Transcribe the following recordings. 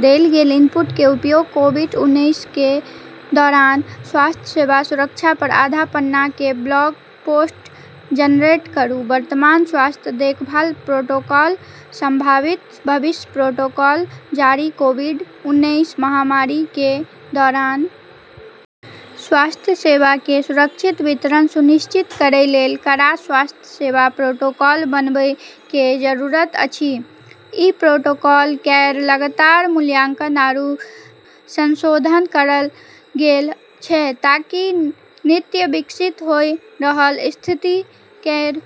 देल गेल इनपुट के उपयोग कोविड उन्नैस के दौरान स्वास्थ्य सेवा सुरक्षा पर आधा पन्ना के ब्लॉग पोस्ट जेनरेट करू, वर्तमान स्वास्थ्य देखभाल प्रोटोकॉल संभावित भविष्य प्रोटोकॉल जारी कोविड उन्नैस महामारी के दौरान स्वास्थ्य सेवा के सुरक्षित वितरण सुनिश्चित करय लेल कड़ा स्वास्थ्य सेवा प्रोटोकॉल बनाबय के जरूरत अछि, ई प्रोटोकॉल केरऽ लगातार मूल्यांकन आरू संशोधन करलऽ गेलऽ छै ताकि नित्य विकसित होय रहलऽ स्थिति केरऽ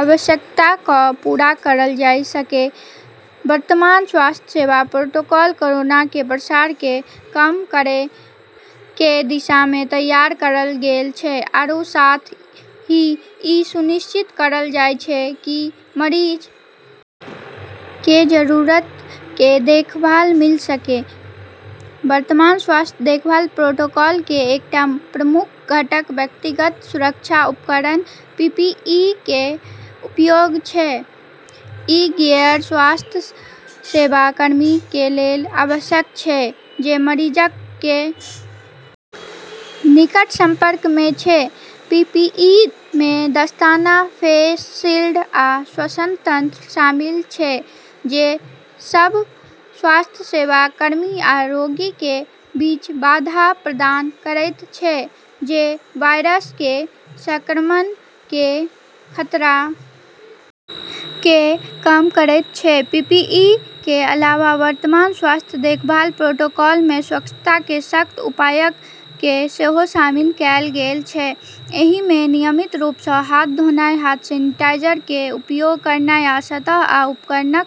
आवश्यकता क पूरा करलऽ जाय सकै, वर्तमान स्वास्थ्य सेवा प्रोटोकॉल कोरोना के प्रसार के कम करै के दिशा मे तैयार करलऽ गेलऽ छै आरू साथ ही ई सुनिश्चित करलऽ जाय छै कि मरीजऽ के जरूरत के देखभाल मिल सके, वर्तमान स्वास्थ्य देखभाल प्रोटोकॉल कें एकटा प्रमुख घटक व्यक्तिगत सुरक्षा उपकरण (पीपीई) कें उपयोग छै, इ गियर स्वास्थ्य सेवा कर्मी कें लेल आवश्यक छै जे मरीजक कें निकट संपर्क मे छै, पीपीई मे दस्ताना, फेस शील्ड आ श्वसन यंत्र शामिल छै जे सब स्वास्थ्य सेवा कर्मी आ रोगी कें बीच बाधा प्रदान करएयत छै जे वायरस कें संक्रमण कें खतरा कें कम करएयत छै, पीपीई कें अलावा वर्तमान स्वास्थ्य देखभाल प्रोटोकॉल मे स्वच्छता कें सख्त उपायक कें सेहो शामिल कैल गेल छै, एहि मे नियमित रूप सं हाथ धोनाय, हाथ सेनेटाइजर कें उपयोग करनाय आ सतह आ उपकरणक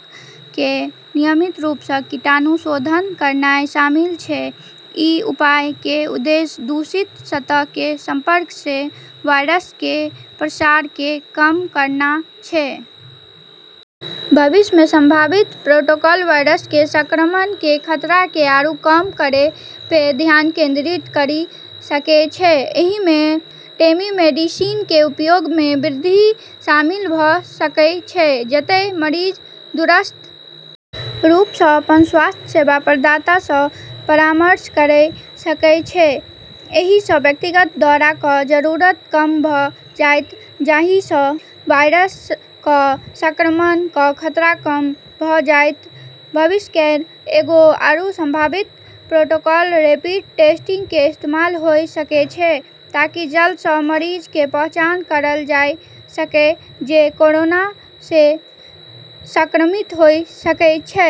कें नियमित रूप सं कीटाणुशोधन करनाय शामिल छै, ई उपायऽ के उद्देश्य दूषित सतहऽ के संपर्क से वायरस के प्रसार के कम करना छै। भविष्य मे संभावित प्रोटोकॉल वायरस के संक्रमण के खतरा के आरू कम करै पे ध्यान केंद्रित करी सकै छै, एहि मे टेलीमेडिसिन कें उपयोग मे वृद्धि शामिल भ सकय छै जतय मरीज दूरस्थ रूप सं अपन स्वास्थ्य सेवा प्रदाता सं परामर्श कयर सकय छै एहि स व्यक्तिगत दौरा क जरूरत कम भ जाएत जाहि स वायरस क संक्रमण क खतरा कम भ जाएत, भविष्य केरऽ एगो आरू संभावित प्रोटोकॉल रैपिड टेस्टिंग के इस्तेमाल होय सकै छै ताकि जल्दी स मरीजऽ के पहचान करलऽ जाय सके जे कोरोना से संक्रमित होय सकै छै।